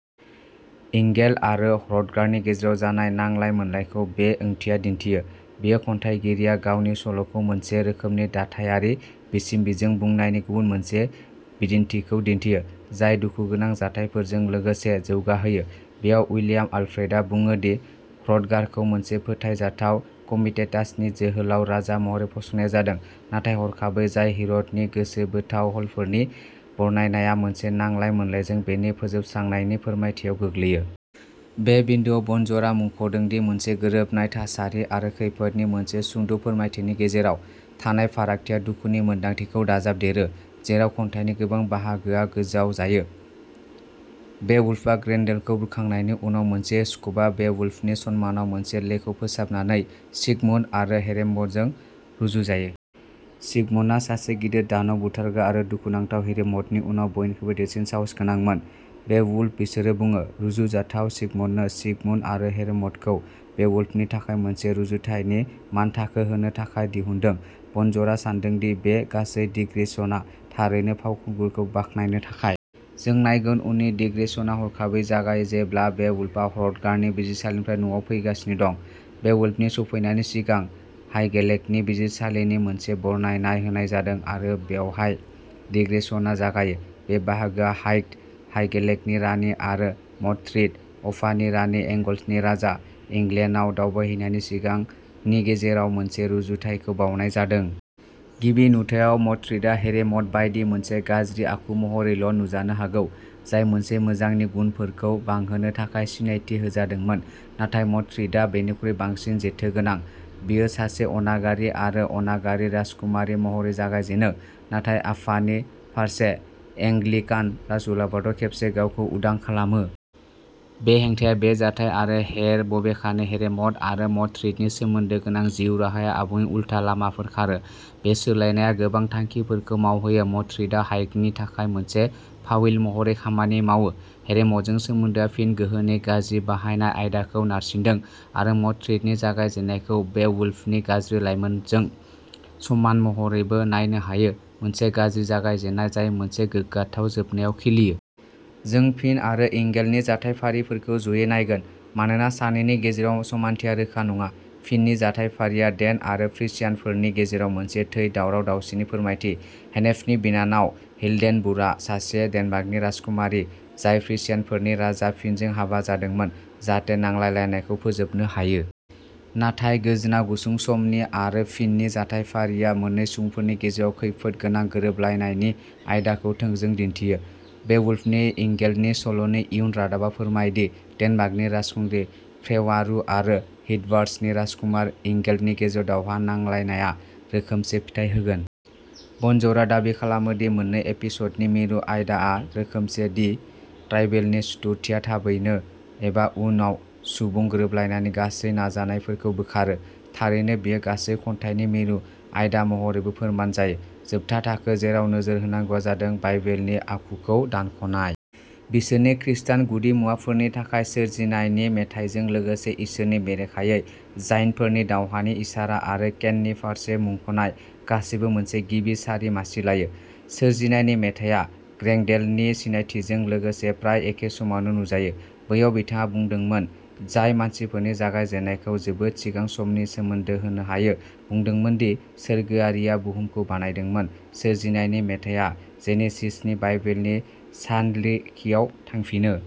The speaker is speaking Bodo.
इंगेल्ड आरो ह्र'थगारनि गेजेराव जानाय नांलाय मोनलायखौ बे ओंथिआ दिन्थियो। बेयो खन्थाइगिरिया गावनि सल'खौ मोनसे रोखोमनि दाथायारि बिसम्बिजों बुंनायनि गुबुन मोनसे बिदिन्थिखौ दिन्थियो, जाय दुखुगोनां जाथायफोरजों लोगोसे जौगाहोयो। बेयाव, उइलियाम आलफ्रेडआ बुङो दि ह्र'थगारखौ मोनसे फोथायजाथाव कमिटेटासनि जोहोलाव राजा महरै फसंनाय जादों, नाथाय हरखाबै, जाय हिर'टनि गोसो बोथाव हलफोरनि बरनायनाया मोनसे नांलाय मोनलायजों बेनि फोजोबस्रांनायनि फोरमायथियाव गोग्लैयो। बे बिन्दोआव, बनज'रआ मुंख'दों दि मोनसे गोरोबनाय थासारि आरो खैफोदनि मोनसे सुंद' फोरमायथिनि गेजेराव थानाय फारागथिया दुखुनि मोनदांथिखौ दाजाबदेरो जेराव खन्थाइनि गोबां बाहागोआ गोजाव जायो। बेवुल्फआ ग्रेन्डेलखौ बुथारखांनायनि उनाव, मोनसे स्क'पआ बेवुल्फनि सन्मानाव मोनसे लेखौ फोसाबनानै सिगमुन्ड आरो हेरेम'डजों रुजुजायो। सिगमुन्डआ सासे गिदिर दानब बुथारग्रा आरो दुखुनांथाव हेरेम'डनि उनाव बयनिख्रुइबो देरसिन साहस गोनांमोन। बेवुल्फ, बिसोरो बुङो, रुजुजाथाव सिगमुन्डनो। सिगमुन्ड आरो हेरेम'डखौ बेवुल्फनि थाखाय मोनसे रुजुथायनि मानथाखो होनो थाखाय दिहुनदों। बनज'रआ सान्दों दि बे गासै दिग्रेशनआ थारैनो फावखुंगुरखौ बाख्नायनो थाखाय। जों नायगोन उननि दिग्रेशनआ हरखाबै जागायो जेब्ला बेवुल्फआ ह्र'थगारनि बिजिरसालिनिफ्राय न'आव फैगासिनो दं। बेवुल्फनि सफैनायनि सिगां हाइगेलेकनि बिजिरसालिनि मोनसे बरनायनायनाय होनाय जादों आरो बेवहाय दिग्रेशनआ जागायो। बे बाहागोआ हाइग्ड, हाइगेलेकनि रानि आरो म'धथ्रिथ, अफानि रानि, एंगल्सनि राजा, इंलेन्डआव दावबायहैनायनि सिगांनि गेजेराव मोनसे रुजुथायखौ बावनाय जादों। गिबि नुथायाव, म'धथ्रिथआ हेरेम'ड बायदि, मोनसे गाज्रि आखु महरैल' नुजानो हागौ, जाय मोनसे मोजांनि गुनफोरखौ बांहोनो थाखाय सिनायथि होजादोंमोन। नाथाय म'धथ्रिथआ बेनिख्रुइ बांसिन जेथो गोनां। बियो सासे अनागारि आरो अनागारि राजकुमारि महरै जागायजेनो, नाथाय आफानि फारसे एंग्लिकान राजउलाफादाव खेबसे गावखौ उदां खालामो। बे हेंथाया बे जाथाय आरो हेर बबेखानि, हेरेम'ड आरो मडथ्रिथनि सोमोन्दो गोनां जिउ राहाया आबुङै उल्था लामाफोर खारो। बे सोलायनाया गोबां थांखिफोरखौ मावहोयो मडथ्रिथआ हाइग्डनि थाखाय मोनसे फाविल महरै खामानि मावो, हेरेम'डजों सोमोन्दोआ फिन गोहोनि गाज्रि बाहायनाय आयदाखौ नारसिनदों आरो मडथ्रिथनि जागायजेन्नायखौ बेवुल्फनि गाज्रि लाइमोनजों समान महरैबो नायनो हायो, मोनसे गाज्रि जागायजेन्नाय जाय मोनसे गोग्गाथाव जोबनायाव खिलियो। जों फिन आरो इंगेल्डनि जाथायफारिफोरखौ ज'यै नायगोन मानोना सानैनि गेजेराव समानथिया रोखा नङा। फिननि जाथायफारिआ डेन आरो फ्रिसियानफोरनि गेजेराव मोनसे थै दावराव दावसिनि फोरमायथि। हेनेफनि बिनानाव, हिल्डेबुर्हआ सासे डेनमार्कनि राजकुमारि, जाय फ्रिशियानफोरनि राजा फिनजों हाबा जादोंमोन, जाहाथे नांलायलायनायखौ फोजोबनो हायो। नाथाय, गोजोनआ गुसुं समनि आरो फिननि जाथायफारिआ मोन्नै सुबुंफोरनि गेजेराव खैफोद गोनां गोरोबलायनायनि आयदाखौ थोंजों दिन्थियो। बेवुल्फनि इंगेल्डनि सल'नि इयुन रादाबआ फोरमायो दि डेनमार्कनि राजखुंग्रि फ्रेवारू आरो हीथ'बार्ड्सनि राजकुमार इंगेल्डनि गेजेराव दावहा नांलायनाया रोखोमसे फिथाय होगोन। बनजौरआ दाबि खालामो दि मोन्नै एपिस'डनि मिरु आयदाआ रोखोमसे, दि ट्राइबेलनि सुथुरथिया थाबैनो एबा उनाव सुबुं गोरोबलायनायनि गासैबो नाजानायफोरखौ बोखारो। थारैनो, बेयो गासै खन्थाइनि मिरु आयदा महरैबो फोरमान जायो। जोबथा थाखो जेराव नोजोर होनांगौआ जादों बाइबेलनि आखुखौ दानख'नाय। बिसोरनि खृस्टान गुदिमुवाफोरनि थाखाय, सोरजिनायनि मेथाइजों लोगोसे इसोरनि बेरेखायै जायन्टफोरनि दावहानि इसारा आरो केननि फारसे मुंख'नाय गासैबो मोनसे गिबि सारि मासि लायो। सोरजिनायनि मेथाइया ग्रेंडेलनि सिनायथिजों लोगोसे प्राय एखे समावनो नुजायो, बैयाव बिथाङा बुंदोंमोन जाय मानसिफोरनि जागायजेन्नायखौ जोबोद सिगां समनि सोमोन्दो होनो हायो, बुंदोंमोन दि सोरगोआरिआ बुहुमखौ बानायदोंमोन, सोरजिनायनि मेथाइया जेनेसिसनि बाइबेलनि सानरिखियाव थांफिनो।